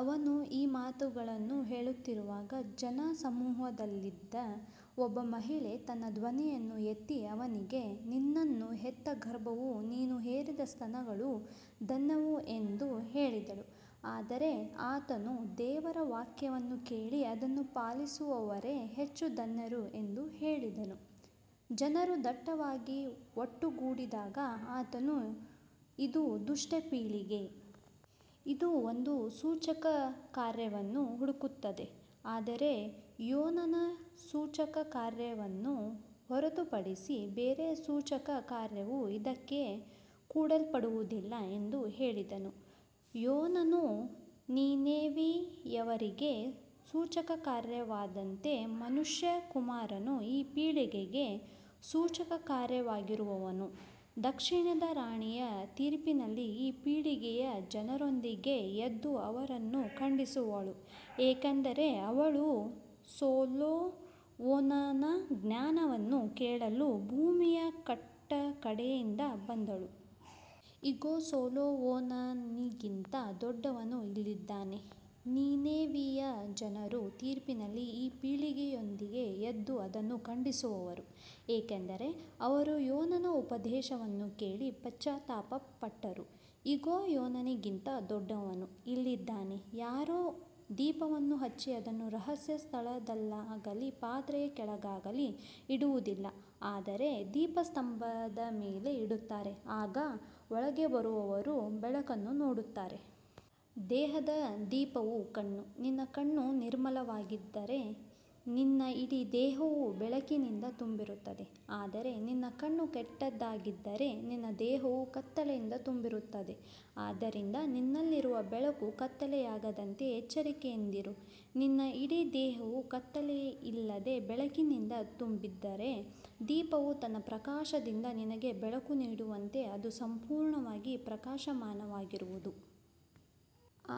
ಅವನು ಈ ಮಾತುಗಳನ್ನು ಹೇಳುತ್ತಿರುವಾಗ ಜನಸಮೂಹದಲ್ಲಿದ್ದ ಒಬ್ಬ ಮಹಿಳೆ ತನ್ನ ಧ್ವನಿಯನ್ನು ಎತ್ತಿ ಅವನಿಗೆ, ನಿನ್ನನ್ನು ಹೆತ್ತ ಗರ್ಭವೂ ನೀನು ಹೀರಿದ ಸ್ತನಗಳೂ ಧನ್ಯವು ಎಂದು ಹೇಳಿದಳು. ಆದರೆ ಆತನು, ದೇವರ ವಾಕ್ಯವನ್ನು ಕೇಳಿ ಅದನ್ನು ಪಾಲಿಸುವವರೇ ಹೆಚ್ಚು ಧನ್ಯರು ಎಂದು ಹೇಳಿದನು. ಜನರು ದಟ್ಟವಾಗಿ ಒಟ್ಟುಗೂಡಿದಾಗ ಆತನು, ಇದು ದುಷ್ಟ ಪೀಳಿಗೆ. ಇದು ಒಂದು ಸೂಚಕಕಾರ್ಯವನ್ನು ಹುಡುಕುತ್ತದೆ, ಆದರೆ ಯೋನನ ಸೂಚಕಕಾರ್ಯವನ್ನು ಹೊರತುಪಡಿಸಿ ಬೇರೆ ಸೂಚಕಕಾರ್ಯವು ಇದಕ್ಕೆ ಕೊಡಲ್ಪಡುವುದಿಲ್ಲ ಎಂದು ಹೇಳಿದನು. ಯೋನನು ನಿನೆವೆಯವರಿಗೆ ಸೂಚಕಕಾರ್ಯವಾದಂತೆ ಮನುಷ್ಯಕುಮಾರನು ಈ ಪೀಳಿಗೆಗೆ ಸೂಚಕಕಾರ್ಯವಾಗಿರುವನು. ದಕ್ಷಿಣದ ರಾಣಿಯು ತೀರ್ಪಿನಲ್ಲಿ ಈ ಪೀಳಿಗೆಯ ಜನರೊಂದಿಗೆ ಎದ್ದು ಅವರನ್ನು ಖಂಡಿಸುವಳು, ಏಕೆಂದರೆ ಅವಳು ಸೊಲೊಮೋನನ ಜ್ಞಾನವನ್ನು ಕೇಳಲು ಭೂಮಿಯ ಕಟ್ಟಕಡೆಯಿಂದ ಬಂದಳು. ಇಗೋ, ಸೊಲೊಮೋನನಿಗಿಂತ ದೊಡ್ಡವನು ಇಲ್ಲಿದ್ದಾನೆ. ನಿನೆವೆಯ ಜನರು ತೀರ್ಪಿನಲ್ಲಿ ಈ ಪೀಳಿಗೆಯೊಂದಿಗೆ ಎದ್ದು ಅದನ್ನು ಖಂಡಿಸುವರು, ಏಕೆಂದರೆ ಅವರು ಯೋನನ ಉಪದೇಶವನ್ನು ಕೇಳಿ ಪಶ್ಚಾತ್ತಾಪಪಟ್ಟರು. ಇಗೋ, ಯೋನನಿಗಿಂತ ದೊಡ್ಡವನು ಇಲ್ಲಿದ್ದಾನೆ. ಯಾರೂ ದೀಪವನ್ನು ಹಚ್ಚಿ ಅದನ್ನು ರಹಸ್ಯ ಸ್ಥಳದಲ್ಲಾಗಲಿ ಪಾತ್ರೆಯ ಕೆಳಗಾಗಲಿ ಇಡುವುದಿಲ್ಲ, ಆದರೆ ದೀಪಸ್ತಂಭದ ಮೇಲೆ ಇಡುತ್ತಾರೆ, ಆಗ ಒಳಗೆ ಬರುವವರು ಬೆಳಕನ್ನು ನೋಡುತ್ತಾರೆ. ದೇಹದ ದೀಪವು ಕಣ್ಣು. ನಿನ್ನ ಕಣ್ಣು ನಿರ್ಮಲವಾಗಿದ್ದರೆ ನಿನ್ನ ಇಡೀ ದೇಹವೂ ಬೆಳಕಿನಿಂದ ತುಂಬಿರುತ್ತದೆ. ಆದರೆ ನಿನ್ನ ಕಣ್ಣು ಕೆಟ್ಟದ್ದಾಗಿದ್ದರೆ ನಿನ್ನ ದೇಹವೂ ಕತ್ತಲೆಯಿಂದ ತುಂಬಿರುತ್ತದೆ. ಆದ್ದರಿಂದ ನಿನ್ನಲ್ಲಿರುವ ಬೆಳಕು ಕತ್ತಲೆಯಾಗದಂತೆ ಎಚ್ಚರಿಕೆಯಿಂದಿರು. ನಿನ್ನ ಇಡೀ ದೇಹವು ಕತ್ತಲೆಯಿಲ್ಲದೆ ಬೆಳಕಿನಿಂದ ತುಂಬಿದ್ದರೆ, ದೀಪವು ತನ್ನ ಪ್ರಕಾಶದಿಂದ ನಿನಗೆ ಬೆಳಕು ನೀಡುವಂತೆ ಅದು ಸಂಪೂರ್ಣವಾಗಿ ಪ್ರಕಾಶಮಾನವಾಗಿರುವುದು.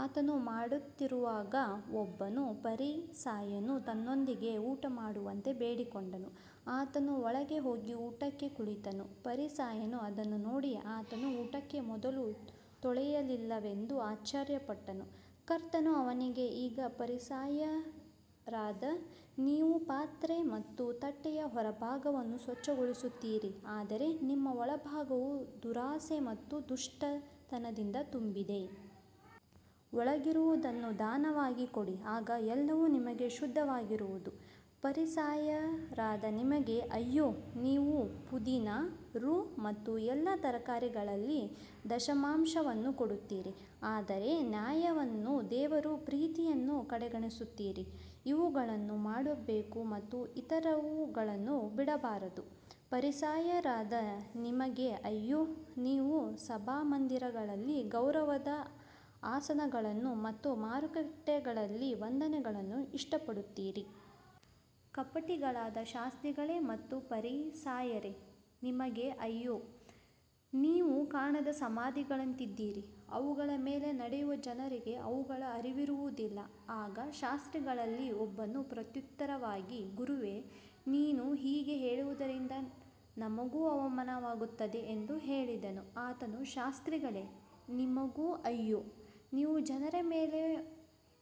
ಆತನು ಮಾತನಾಡುತ್ತಿರುವಾಗ ಒಬ್ಬ ಫರಿಸಾಯನು ತನ್ನೊಂದಿಗೆ ಊಟಮಾಡುವಂತೆ ಬೇಡಿಕೊಂಡನು. ಆತನು ಒಳಗೆ ಹೋಗಿ ಊಟಕ್ಕೆ ಕುಳಿತನು. ಫರಿಸಾಯನು ಅದನ್ನು ನೋಡಿ ಆತನು ಊಟಕ್ಕೆ ಮೊದಲು ತೊಳೆಯಲಿಲ್ಲವೆಂದು ಆಶ್ಚರ್ಯಪಟ್ಟನು. ಕರ್ತನು ಅವನಿಗೆ, ಈಗ ಫರಿಸಾಯರಾದ ನೀವು ಪಾತ್ರೆ ಮತ್ತು ತಟ್ಟೆಯ ಹೊರಭಾಗವನ್ನು ಸ್ವಚ್ಛಗೊಳಿಸುತ್ತೀರಿ, ಆದರೆ ನಿಮ್ಮ ಒಳಭಾಗವು ದುರಾಸೆ ಮತ್ತು ದುಷ್ಟತನದಿಂದ ತುಂಬಿದೆ. ಒಳಗಿರುವುದನ್ನು ದಾನವಾಗಿ ಕೊಡಿ, ಆಗ ಎಲ್ಲವೂ ನಿಮಗೆ ಶುದ್ಧವಾಗಿರುವುದು. ಫರಿಸಾಯರಾದ ನಿಮಗೆ ಅಯ್ಯೋ, ನೀವು ಪುದೀನ, ರೂ ಮತ್ತು ಎಲ್ಲಾ ತರಕಾರಿಗಳಲ್ಲಿ ದಶಮಾಂಶವನ್ನು ಕೊಡುತ್ತೀರಿ, ಆದರೆ ನ್ಯಾಯವನ್ನೂ ದೇವರ ಪ್ರೀತಿಯನ್ನೂ ಕಡೆಗಣಿಸುತ್ತೀರಿ. ಇವುಗಳನ್ನು ಮಾಡಬೇಕು ಮತ್ತು ಇತರವುಗಳನ್ನು ಬಿಡಬಾರದು. ಫರಿಸಾಯರಾದ ನಿಮಗೆ ಅಯ್ಯೋ, ನೀವು ಸಭಾಮಂದಿರಗಳಲ್ಲಿ ಗೌರವದ ಆಸನಗಳನ್ನು ಮತ್ತು ಮಾರುಕಟ್ಟೆಗಳಲ್ಲಿ ವಂದನೆಗಳನ್ನು ಇಷ್ಟಪಡುತ್ತೀರಿ. ಕಪಟಿಗಳಾದ ಶಾಸ್ತ್ರಿಗಳೇ ಮತ್ತು ಫರಿಸಾಯರೇ, ನಿಮಗೆ ಅಯ್ಯೋ, ನೀವು ಕಾಣದ ಸಮಾಧಿಗಳಂತಿದ್ದೀರಿ. ಅವುಗಳ ಮೇಲೆ ನಡೆಯುವ ಜನರಿಗೆ ಅವುಗಳ ಅರಿವಿರುವುದಿಲ್ಲ. ಆಗ ಶಾಸ್ತ್ರಿಗಳಲ್ಲಿ ಒಬ್ಬನು ಪ್ರತ್ಯುತ್ತರವಾಗಿ, ಗುರುವೇ, ನೀನು ಹೀಗೆ ಹೇಳುವುದರಿಂದ ನಮಗೂ ಅವಮಾನವಾಗುತ್ತದೆ ಎಂದು ಹೇಳಿದನು. ಆತನು, ಶಾಸ್ತ್ರಿಗಳೇ, ನಿಮಗೂ ಅಯ್ಯೋ, ನೀವು ಜನರ ಮೇಲೆ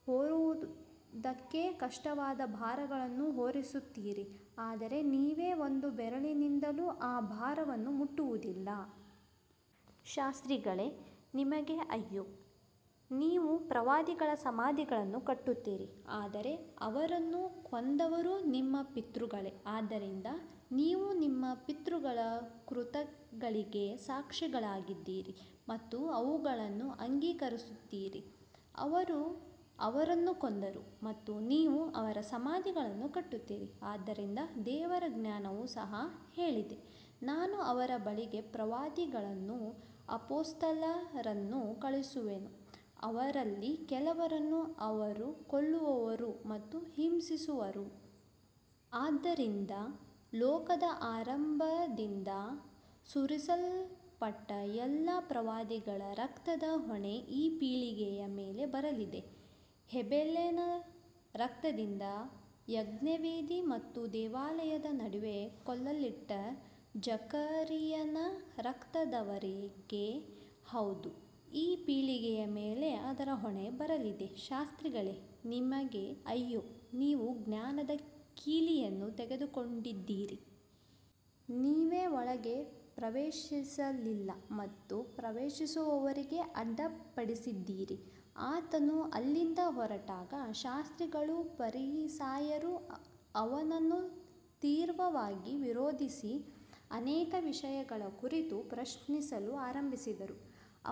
ಹೊರುವುದಕ್ಕೆ ಕಷ್ಟವಾದ ಭಾರಗಳನ್ನು ಹೊರಿಸುತ್ತೀರಿ, ಆದರೆ ನೀವೇ ಒಂದು ಬೆರಳಿನಿಂದಲೂ ಆ ಭಾರಗಳನ್ನು ಮುಟ್ಟುವುದಿಲ್ಲ. ಶಾಸ್ತ್ರಿಗಳೇ, ನಿಮಗೆ ಅಯ್ಯೋ, ನೀವು ಪ್ರವಾದಿಗಳ ಸಮಾಧಿಗಳನ್ನು ಕಟ್ಟುತ್ತೀರಿ, ಆದರೆ ಅವರನ್ನು ಕೊಂದವರು ನಿಮ್ಮ ಪಿತೃಗಳೇ. ಆದ್ದರಿಂದ ನೀವು ನಿಮ್ಮ ಪಿತೃಗಳ ಕೃತ್ಯಗಳಿಗೆ ಸಾಕ್ಷಿಗಳಾಗಿದ್ದೀರಿ ಮತ್ತು ಅವುಗಳನ್ನು ಅಂಗೀಕರಿಸುತ್ತೀರಿ. ಅವರು ಅವರನ್ನು ಕೊಂದರು ಮತ್ತು ನೀವು ಅವರ ಸಮಾಧಿಗಳನ್ನು ಕಟ್ಟುತ್ತೀರಿ. ಆದ್ದರಿಂದ ದೇವರ ಜ್ಞಾನವು ಸಹ ಹೇಳಿದೆ, ನಾನು ಅವರ ಬಳಿಗೆ ಪ್ರವಾದಿಗಳನ್ನೂ ಅಪೊಸ್ತಲರನ್ನೂ ಕಳುಹಿಸುವೆನು, ಅವರಲ್ಲಿ ಕೆಲವರನ್ನು ಅವರು ಕೊಲ್ಲುವರು ಮತ್ತು ಹಿಂಸಿಸುವರು. ಆದ್ದರಿಂದ ಲೋಕದ ಆರಂಭದಿಂದ ಸುರಿಸಲ್ಪಟ್ಟ ಎಲ್ಲಾ ಪ್ರವಾದಿಗಳ ರಕ್ತದ ಹೊಣೆ ಈ ಪೀಳಿಗೆಯ ಮೇಲೆ ಬರಲಿದೆ. ಹೇಬೆಲನ ರಕ್ತದಿಂದ ಯಜ್ಞವೇದಿ ಮತ್ತು ದೇವಾಲಯದ ನಡುವೆ ಕೊಲ್ಲಲ್ಪಟ್ಟ ಜಕರೀಯನ ರಕ್ತದವರೆಗೆ, ಹೌದು, ಈ ಪೀಳಿಗೆಯ ಮೇಲೆ ಅದರ ಹೊಣೆ ಬರಲಿದೆ. ಶಾಸ್ತ್ರಿಗಳೇ, ನಿಮಗೆ ಅಯ್ಯೋ, ನೀವು ಜ್ಞಾನದ ಕೀಲಿಯನ್ನು ತೆಗೆದುಕೊಂಡಿದ್ದೀರಿ. ನೀವೇ ಒಳಗೆ ಪ್ರವೇಶಿಸಲಿಲ್ಲ ಮತ್ತು ಪ್ರವೇಶಿಸುವವರಿಗೂ ಅಡ್ಡಿಪಡಿಸಿದ್ದೀರಿ. ಆತನು ಅಲ್ಲಿಂದ ಹೊರಟಾಗ ಶಾಸ್ತ್ರಿಗಳೂ ಫರಿಸಾಯರೂ ಅವನನ್ನು ತೀವ್ರವಾಗಿ ವಿರೋಧಿಸಿ ಅನೇಕ ವಿಷಯಗಳ ಕುರಿತು ಪ್ರಶ್ನಿಸಲು ಆರಂಭಿಸಿದರು.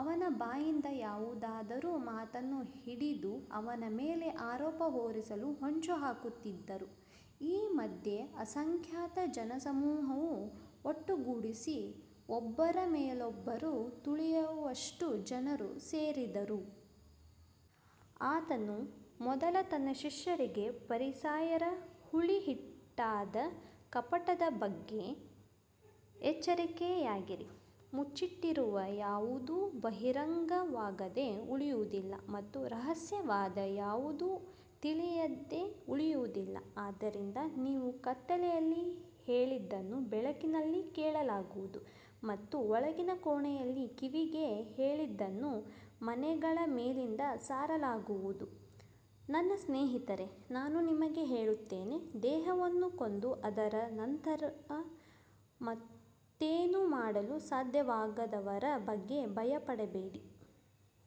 ಅವನ ಬಾಯಿಂದ ಯಾವುದಾದರೂ ಮಾತನ್ನು ಹಿಡಿದು ಅವನ ಮೇಲೆ ಆರೋಪ ಹೊರಿಸಲು ಹೊಂಚುಹಾಕುತ್ತಿದ್ದರು. ಈ ಮಧ್ಯೆ ಅಸಂಖ್ಯಾತ ಜನಸಮೂಹವು ಒಟ್ಟುಗೂಡಿ ಒಬ್ಬರ ಮೇಲೊಬ್ಬರು ತುಳಿಯುವಷ್ಟು ಜನರು ಸೇರಿದರು. ಆತನು ಮೊದಲು ತನ್ನ ಶಿಷ್ಯರಿಗೆ, ಫರಿಸಾಯರ ಹುಳಿಹಿಟ್ಟಾದ ಕಪಟದ ಬಗ್ಗೆ ಎಚ್ಚರಿಕೆಯಾಗಿರಿ. ಮುಚ್ಚಿಟ್ಟಿರುವ ಯಾವುದೂ ಬಹಿರಂಗವಾಗದೆ ಉಳಿಯುವುದಿಲ್ಲ ಮತ್ತು ರಹಸ್ಯವಾದ ಯಾವುದೂ ತಿಳಿಯದೆ ಉಳಿಯುವುದಿಲ್ಲ. ಆದ್ದರಿಂದ ನೀವು ಕತ್ತಲೆಯಲ್ಲಿ ಹೇಳಿದ್ದನ್ನು ಬೆಳಕಿನಲ್ಲಿ ಕೇಳಲಾಗುವುದು ಮತ್ತು ಒಳಗಿನ ಕೋಣೆಯಲ್ಲಿ ಕಿವಿಗೆ ಹೇಳಿದ್ದನ್ನು ಮನೆಗಳ ಮೇಲಿಂದ ಸಾರಲಾಗುವುದು. ನನ್ನ ಸ್ನೇಹಿತರೇ, ನಾನು ನಿಮಗೆ ಹೇಳುತ್ತೇನೆ, ದೇಹವನ್ನು ಕೊಂದು ಅದರ ನಂತರ ಮತ್ತೇನೂ ಮಾಡಲು ಸಾಧ್ಯವಾಗದವರ ಬಗ್ಗೆ ಭಯಪಡಬೇಡಿ.